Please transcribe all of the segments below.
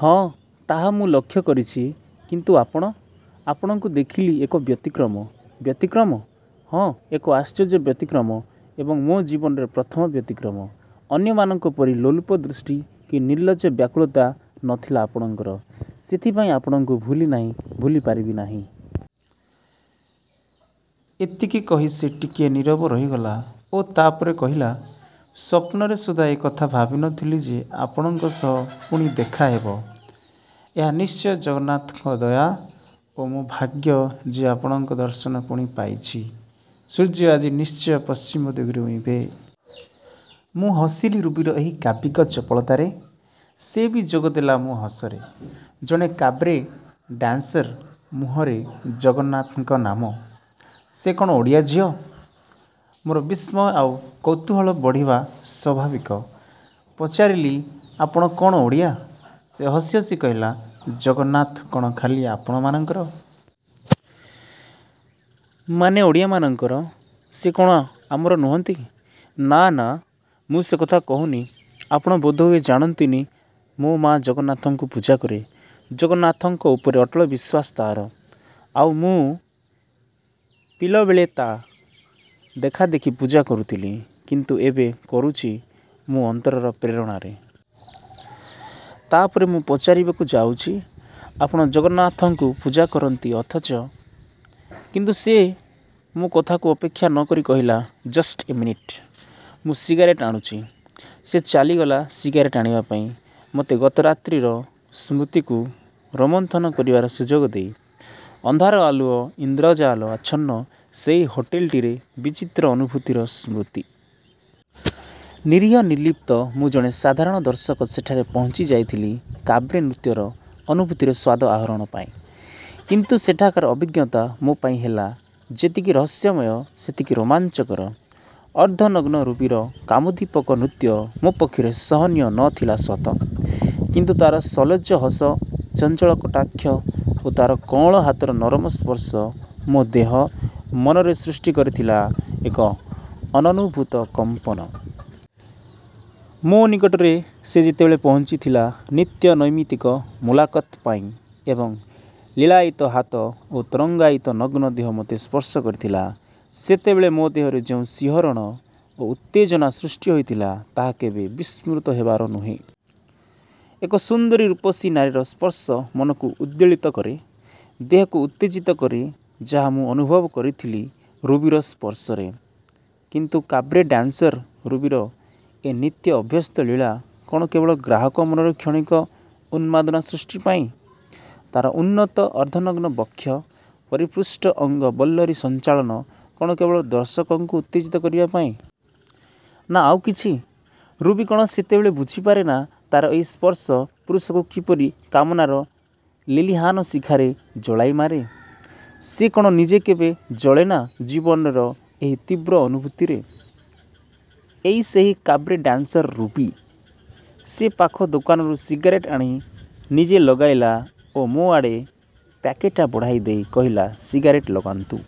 "ହଁ ତାହା ମୁଁ ଲକ୍ଷ୍ୟ କରିଛି " "କିନ୍ତୁ ଆପଣ? ଆପଣଙ୍କୁ ଦେଖିଲି ଏକ ବ୍ୟତିକ୍ରମ," "ବ୍ୟତିକ୍ରମ? " "ହଁ ଏକ ଆଶ୍ଚର୍ଯ୍ୟ ବ୍ୟତିକ୍ରମ ଏବଂ ମୋ' ଜୀବନରେ ପ୍ରଥମ ବ୍ୟତିକ୍ରମ। ଅନ୍ୟମାନଙ୍କ ପରି ଲୋଲୁପ ଦୃଷ୍ଟି, କି ନିର୍ଲଜ୍ଜ ବ୍ୟାକୁଳତା ନଥିଲା ଆପଣଙ୍କର ସେଥିପାଇଁ ଆପଣଙ୍କୁ ଭୁଲିନାହିଁ ଭୁଲିପାରିନାହିଁ। " ଏତିକି କହି ସେ ଟିକିଏ ନୀରବ ରହିଗଲା ଓ ତା'ପରେ କହିଲା-ସ୍ଵପ୍ନରେ ସୁଦ୍ଧା ଏକଥା ଭାବିନଥିଲି ଯେ ଆପଣଙ୍କ ସହ ପୁଣି ଦେଖାହେବ। ଏହା ନିଶ୍ଚୟ ଜଗନ୍ନାଥଙ୍କ ଦୟା ଓ ମୋ' ଭାଗ୍ୟ ଯେ ଆପଣଙ୍କ ଦର୍ଶନ ପୁଣି ପାଇଛି। ସୂର୍ଯ୍ୟ ଆଜି ନିଶ୍ଚୟ ପଶ୍ଚିମ ଦିଗରେ ଉଇଁବେ। " ମୁଁ ହସିଲି ରୁବିର ଏଇ କାବ୍ୟିକ ଚପଳତାରେ। ସେ ବି ଯୋଗଦେଲା ମୋ' ହସରେ। ଜଣେ କାବ୍ରେ ଡାନସ୍ର ମୁହଁରେ ଜଗନ୍ନାଥଙ୍କ ନାମ? ସେ କ'ଣ ଓଡ଼ିଆ ଝିଅ? ମୋର ବିସ୍ମୟ ଆଉ କୌତୂହଳ ବଢ଼ିବା ସ୍ଵାଭାବିକ। ପଚାରିଲି-ଆପଣ କ'ଣ ଓଡ଼ିଆ? ସେ ହସି ହସି କହିଲା-ଜଗନ୍ନାଥ କ'ଣ ଖାଲି ଆପଣମାନଙ୍କର। ମାନେ ଓଡ଼ିଆ ମାନଙ୍କର? ସେ କ'ଣ ଆମର ନୁହନ୍ତି? 'ନା-ନା ମୁଁ ସେ କଥା କହୁନି ' "ଆପଣ ବୋଧହୁଏ ଜାଣନ୍ତିନି ମୋ' ମାଆ ଜଗନ୍ନାଥଙ୍କୁ ପୂଜା କରେ। ଜଗନ୍ନାଥଙ୍କ ଉପରେ ଅଟଳ ବିଶ୍ଵାସ ତା'ର। ଆଉ ମୁଁ ପିଲବେଳେ ତା' ଦେଖାଦେଖି ପୂଜା କରୁଥିଲି; କିନ୍ତୁ ଏବେ କରୁଛି ମୋ' ଅନ୍ତରର ପ୍ରେରଣାରେ। ତା'ପରେ ମୁଁ ପଚାରିବାକୁ ଯାଉଛି-ଆପଣ ଜଗନ୍ନାଥଙ୍କୁ ପୂଜା କରନ୍ତି ଅଥଚ କିନ୍ତୁ ସେ ମୋ' କଥାକୁ ଅପେକ୍ଷା ନକରି କହିଲା-ଜଷ୍ଟ ଏ ମିନିଟ୍। ମୁଁ ସିଗାରେଟ ଆଣୁଛି। ସେ ଚାଲିଗଲା ସିଗାରେଟ୍ ଆଣିବାପାଇଁ ମୋତେ ଗତରାତ୍ରିର ସ୍ମୃତିକୁ ରୋମନ୍ଥନ କରିବାର ସୁଯୋଗ ଦେଇ। ଅନ୍ଧାର ଆଲୁଅ ଇନ୍ଦ୍ର ଜାଲ ଆଚ୍ଛନ୍ନ ସେଇ ହୋଟେଲଟିରେ ବିଚିତ୍ର ଅନୁଭୂତିର ସ୍ମୃତି। ନିରୀହ ନିର୍ଲିପ୍ତ ମୁଁ ଜଣେ ସାଧାରଣ ଦର୍ଶକ ସେଠାରେ ପହଞ୍ଚି ଯାଇଥିଲି କାବ୍ରେ ନୃତ୍ୟର ଅନୁଭୂତିର ସ୍ଵାଦ ଆହରଣ ପାଇଁ; କିନ୍ତୁ ସେଠାକାର ଅଭିଜ୍ଞତା ମୋପାଇଁ ହେଲା ଯେତିକି ରହସ୍ୟମୟ ସେତିକି ରୋମାଞ୍ଚକର। ଅର୍ଦ୍ଧନଗ୍ନ ରୁବିର କାମୋଦ୍ଦୀପକ ନୃତ୍ୟ ମୋ' ପକ୍ଷରେ ସହନୀୟ ନଥିଲା ସତ; କିନ୍ତୁ ତା'ର ସଲ୍ଲଜ ହସ, ଚଞ୍ଚଳ କଟାକ୍ଷ ଓ ତା'ର କଅଁଳ ହାତର ନରମ ସ୍ପର୍ଶ ମୋ' ଦେହ, ମନରେ ସୃଷ୍ଟି କରିଥିଲା ଏକ ଅନନୁଭୂତ କମ୍ପନ। ମୋ' ନିକଟରେ ସେ ଯେତେବେଳେ ପହଞ୍ଚିଥିଲା ନିତ୍ୟ ନୈମିତିକ 'ମୁଲାକତ୍' ପାଇଁ ଏବଂ ଲୀଳାୟିତ ହାତ ଓ ତରଙ୍ଗାୟିତ ନଗ୍ନ ଦେହ ମୋତେ ସ୍ପର୍ଶ କରିଥିଲା ସେତେବେଳେ ମୋ' ଦେହରେ ଯେଉଁ ଶିହରଣ ଓ ଉତ୍ତେଜନା ସୃଷ୍ଟି ହୋଇଥିଲା ତାହା କେବେ ବିସ୍ମୃତ ହେବାର ନୁହେଁ। ଏକ ସୁନ୍ଦରୀ ରୂପସୀ ନାରୀର ସ୍ପର୍ଶ ମନକୁ ଉଦ୍ବେଳିତ କରେ, ଦେହକୁ ଉତ୍ତେଜିତ କରେ ଯାହା ମୁଁ ଅନୁଭବ କରିଥିଲି ରୁବିର ସ୍ପର୍ଶରେ। କିନ୍ତୁ କାବ୍ରେ ଡାନ୍ସର ରୁବିର ଏ ନିତ୍ୟ ଅଭ୍ୟସ୍ତ ଲୀଳା କ'ଣ କେବଳ ଗ୍ରାହକ ମନରେ କ୍ଷଣିକ ଉନ୍ମାଦନା ସୃଷ୍ଟିପାଇଁ? ତା'ର ଉନ୍ନତ ଅର୍ଦ୍ଧନଗ୍ନ ବକ୍ଷ, ପରିପୁଷ୍ଟ ଅଙ୍ଗ ବଲ୍ଲରୀ ସଞ୍ଚାଳନ କ'ଣ କେବଳ ଦର୍ଶକଙ୍କୁ ଉତ୍ତେଜିତ କରିବାପାଇଁ? ନା ଆଉ କିଛି? ରୁବି କ'ଣ ସେତେବେଳେ ବୁଝିପାରେନା ତା'ର ଏଇ ସ୍ପର୍ଶ ପୁରୁଷକୁ କିପରି କାମନାର ଲେଲିହାନ ଶିଖାରେ ଜଳାଇମାରେ। ସେ କ'ଣ ନିଜେ କେବେ ଜଳେନା ଜୀବନର ଏଇ ତୀବ୍ର ଅନୁଭୂତିରେ? ଏଇ ସେହି କାବ୍ରେ ଡାନ୍ସର ରୁବି। ସେ ପାଖ ଦୋକାନରୁ ସିଗାରେଟ୍ ଆଣି ନିଜେ ଲଗାଇଲା ଓ ମୋ' ଆଡ଼େ ପ୍ୟାକେଟ୍ଟା ବଢ଼େଇ ଦେଇ କହିଲା-ସିଗାରେଟ୍ ଲଗାନ୍ତୁ।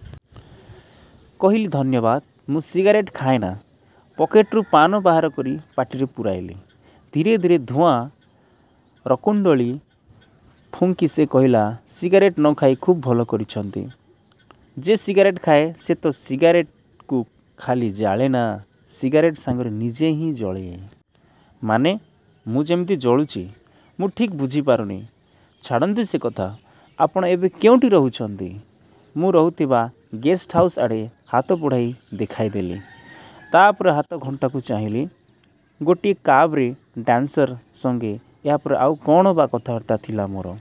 କହିଲି-'ଧନ୍ୟବାଦ। ମୁଁ ସିଗାରେଟ୍ ଖାଏନା' ପକେଟରୁ ପାନ ବାହାର କରି ପାଟିରେ ପୂରାଇଲି। ଧୀରେ ଧୀରେ ଧୂଆଁ ରକୁଣ୍ତଳୀ ଫୁଙ୍କି ସେ କହିଲା-ସିଗାରେଟ ନଖାଇ ଖୁବ୍ ଭଲକରିଛନ୍ତି। ଯେ ସିଗାରେଟ୍ ଖାଏ ସେ ତ ସିଗାରେଟ୍କୁ ଖାଲି ଜାଳେନା, ସିଗାରେଟ୍ ସାଙ୍ଗରେ ନିଜେ ହିଁ ଜଳେ। "ମାନେ? " 'ମୁଁ ଯେମିତି ଜଳୁଛି। " "ମୁଁ ଠିକ୍ ବୁଝିପାରୁନି " "ଛାଡ଼ନ୍ତୁ ସେ କଥା। ଆପଣ ଏବେ କେଉଁଠି ରହୁଛନ୍ତି? " ମୁଁ ରହୁଥିବା ଗେଷ୍ଟ ହାଉସ ଆଡ଼େ ହାତ ବଢ଼େଇ ଦେଖାଇଦେଲି। ତା'ପରେ ହାତ ଘଣ୍ଟାକୁ ଚାହିଁଲି। ଗୋଟିଏ କାବ୍ ରେ ଡାନ୍ସର ସଙ୍ଗେ ଏହାପରେ ଆଉ କ'ଣ ବା କଥାବାର୍ତ୍ତା ଥିଲା ମୋର।